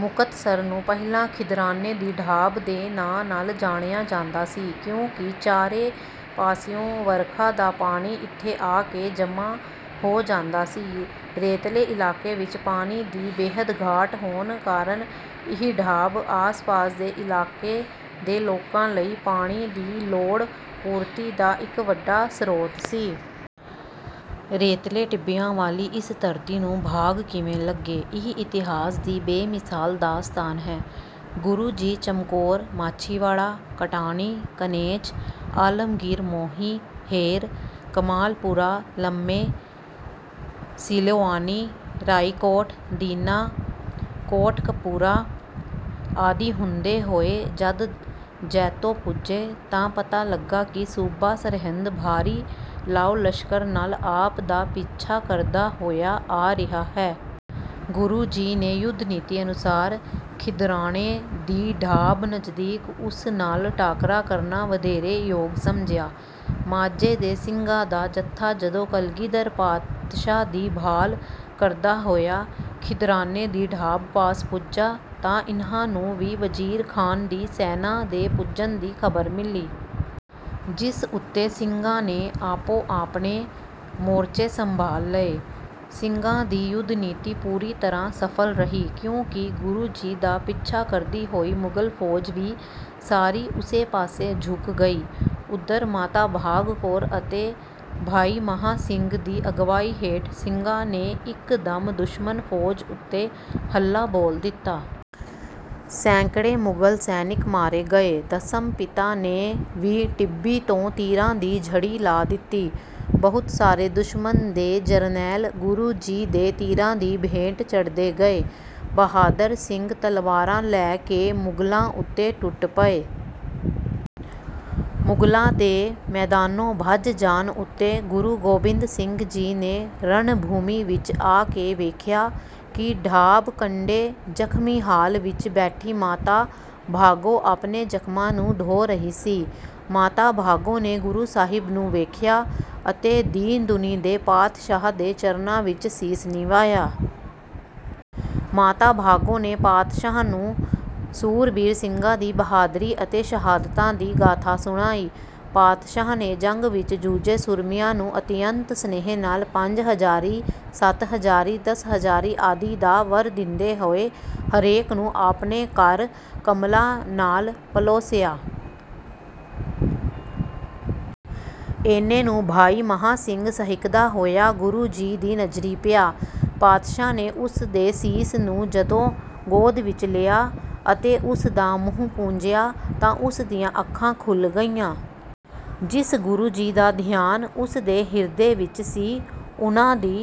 ਮੁਕਤਸਰ ਨੂੰ ਪਹਿਲਾਂ ਖਿਦਰਾਣੇ ਦੀ ਢਾਬ ਦੇ ਨਾਂ ਨਾਲ ਜਾਣਿਆ ਜਾਂਦਾ ਸੀ। ਕਿਉਂਕਿ ਚਾਰੇ ਪਾਸਿਓਂ ਵਰਖਾ ਦਾ ਪਾਣੀ ਇੱਥੇ ਆ ਕੇ ਜਮ੍ਹਾਂ ਹੋ ਜਾਂਦਾ ਸੀ। ਰੇਤਲੇ ਇਲਾਕੇ ਵਿੱਚ ਪਾਣੀ ਦੀ ਬੇਹੱਦ ਘਾਟ ਹੋਣ ਕਾਰਨ ਇਹ ਢਾਬ, ਆਸ-ਪਾਸ ਦੇ ਇਲਾਕੇ ਦੇ ਲੋਕਾਂ ਲਈ ਪਾਣੀ ਦੀ ਲੋੜ-ਪੂਰਤੀ ਦਾ ਇੱਕ ਵੱਡਾ ਸਰੋਤ ਸੀ। ਰੇਤਲੇ ਟਿੱਬਿਆਂ ਵਾਲੀ ਇਸ ਧਰਤੀ ਨੂੰ ਭਾਗ ਕਿਵੇਂ ਲੱਗੇ, ਇਹ ਇਤਿਹਾਸ ਦੀ ਬੇਮਿਸਾਲ ਦਾਸਤਾਨ ਹੈ। ਗੁਰੂ ਜੀ ਚਮਕੌਰ, ਮਾਛੀਵਾੜਾ, ਕਟਾਣੀ, ਕਨੇਚ, ਆਲਮਗੀਰ, ਮੋਹੀ, ਹੇਰ, ਕਮਾਲਪੁਰਾ, ਲੰਮੇ, ਸੀਲੋਆਣੀ, ਰਾਇਕੋਟ, ਦੀਨਾ, ਕੋਟਕਪੂਰਾ ਆਦਿ ਹੁੰਦੇ ਹੋਏ ਜਦ ਜੈਤੋ ਪੁੱਜੇ, ਤਾਂ ਪਤਾ ਲੱਗਾ ਕਿ ਸੂਬਾ ਸਰਹਿੰਦ ਭਾਰੀ ਲਾਓ-ਲਸ਼ਕਰ ਨਾਲ ਆਪ ਦਾ ਪਿੱਛਾ ਕਰਦਾ ਹੋਇਆ ਆ ਰਿਹਾ ਹੈ। ਗੁਰੂ ਜੀ ਨੇ ਯੁੱਧ ਨੀਤੀ ਅਨੁਸਾਰ ਖਿਦਰਾਣੇ ਦੀ ਢਾਬ ਨਜ਼ਦੀਕ ਉਸ ਨਾਲ ਟਾਕਰਾ ਕਰਨਾ ਵਧੇਰੇ ਯੋਗ ਸਮਝਿਆ। ਮਾਝੇ ਦੇ ਸਿੰਘਾਂ ਦਾ ਜਥਾ ਜਦੋਂ ਕਲਗੀਧਰ ਪਾਤਸ਼ਾਹ ਦੀ ਭਾਲ ਕਰਦਾ ਹੋਇਆ ਖਿਦਰਾਣੇ ਦੀ ਢਾਬ ਪਾਸ ਪੁੱਜਾ, ਤਾਂ ਇਨ੍ਹਾਂ ਨੂੰ ਵੀ ਵਜ਼ੀਰ ਖਾਨ ਦੀ ਸੈਨਾ ਦੇ ਪੁੱਜਣ ਦੀ ਖ਼ਬਰ ਮਿਲੀ। ਜਿਸ ਉੱਤੇ ਸਿੰਘਾਂ ਨੇ ਆਪੋ-ਆਪਣੇ ਮੋਰਚੇ ਸੰਭਾਲ ਲਏ। ਸਿੰਘਾਂ ਦੀ ਯੁੱਧ ਨੀਤੀ ਪੂਰੀ ਤਰ੍ਹਾਂ ਸਫਲ ਰਹੀ, ਕਿਉਂਕਿ ਗੁਰੂ ਜੀ ਦਾ ਪਿੱਛਾ ਕਰਦੀ ਹੋਈ ਮੁਗ਼ਲ ਫ਼ੌਜ ਵੀ ਸਾਰੀ ਉਸੇ ਪਾਸੇ ਝੁਕ ਗਈ। ਉੱਧਰ ਮਾਤਾ ਭਾਗ ਕੌਰ ਅਤੇ ਭਾਈ ਮਹਾਂ ਸਿੰਘ ਦੀ ਅਗਵਾਈ ਹੇਠ ਸਿੰਘਾਂ ਨੇ ਇੱਕ ਦਮ ਦੁਸ਼ਮਣ ਫ਼ੌਜ ਉੱਤੇ ਹੱਲਾ ਬੋਲ ਦਿੱਤਾ। ਸੈਂਕੜੇ ਮੁਗਲ ਸੈਨਿਕ ਮਾਰੇ ਗਏ। ਦਸਮ ਪਿਤਾ ਨੇ ਵੀ ਟਿੱਬੀ ਤੋਂ ਤੀਰਾਂ ਦੀ ਝੜੀ ਲਾ ਦਿੱਤੀ। ਬਹੁਤ ਸਾਰੇ ਦੁਸ਼ਮਣ ਦੇ ਜਰਨੈਲ ਗੁਰੂ ਜੀ ਦੇ ਤੀਰਾਂ ਦੀ ਭੇਟ ਚੜ੍ਹਦੇ ਗਏ। ਬਹਾਦਰ ਸਿੰਘ ਤਲਵਾਰਾਂ ਲੈ ਕੇ ਮੁਗ਼ਲਾਂ ਉੱਤੇ ਟੁੱਟ ਪਏ। ਮੁਗ਼ਲਾਂ ਦੇ ਮੈਦਾਨੋਂ ਭੱਜ ਜਾਣ ਉੱਤੇ ਗੁਰੂ ਗੋਬਿੰਦ ਸਿੰਘ ਜੀ ਨੇ ਰਣਭੂਮੀ ਵਿੱਚ ਆ ਕੇ ਵੇਖਿਆ, ਕਿ ਢਾਬ ਕੰਢੇ ਜ਼ਖਮੀ ਹਾਲ ਵਿੱਚ ਬੈਠੀ ਮਾਤਾ ਭਾਗੋ ਆਪਣੇ ਜ਼ਖਮਾਂ ਨੂੰ ਧੋ ਰਹੀ ਸੀ। ਮਾਤਾ ਭਾਗੋ ਨੇ ਗੁਰੂ ਸਾਹਿਬ ਨੂੰ ਵੇਖਿਆ, ਅਤੇ ਦੀਨ ਦੁਨੀ ਦੇ ਪਾਤਸ਼ਾਹ ਦੇ ਚਰਨਾਂ ਵਿੱਚ ਸੀਸ ਨਿਵਾਇਆ। ਮਾਤਾ ਭਾਗੋ ਨੇ ਪਾਤਸ਼ਾਹ ਨੂੰ ਸੂਰਬੀਰ ਸਿੰਘਾਂ ਦੀ ਬਹਾਦਰੀ ਅਤੇ ਸ਼ਹਾਦਤਾਂ ਦੀ ਗਾਥਾ ਸੁਣਾਈ। ਪਾਤਸ਼ਾਹ ਨੇ ਜੰਗ ਵਿੱਚ ਜੂਝੇ ਸੂਰਮਿਆਂ ਨੂੰ ਅਤਿਅੰਤ ਸਨੇਹ ਨਾਲ ਪੰਜ ਹਜ਼ਾਰੀ, ਸੱਤ ਹਜ਼ਾਰੀ, ਦਸ ਹਜ਼ਾਰੀ ਆਦਿ ਦਾ ਵਰ ਦਿੰਦੇ ਹੋਏ, ਹਰੇਕ ਨੂੰ ਆਪਣੇ ਕਰ ਕਮਲਾਂ ਨਾਲ ਪਲੋਸਿਆ। ਏਨੇ ਨੂੰ ਭਾਈ ਮਹਾਂ ਸਿੰਘ ਸਹਿਕਦਾ ਹੋਇਆ ਗੁਰੂ ਜੀ ਦੀ ਨਜ਼ਰੀਂ ਪਿਆ। ਪਾਤਸ਼ਾਹ ਨੇ ਉਸ ਦੇ ਸੀਸ ਨੂੰ ਜਦੋਂ ਗੋਦ ਵਿੱਚ ਲਿਆ, ਅਤੇ ਉਸ ਦਾ ਮੂੰਹ ਪੂੰਝਿਆ, ਤਾਂ ਉਸ ਦੀਆਂ ਅੱਖਾਂ ਖੁੱਲ੍ਹ ਗਈਆਂ। ਜਿਸ ਗੁਰੂ ਜੀ ਦਾ ਧਿਆਨ ਉਸ ਦੇ ਹਿਰਦੇ ਵਿੱਚ ਸੀ, ਉਨ੍ਹਾਂ ਦੀ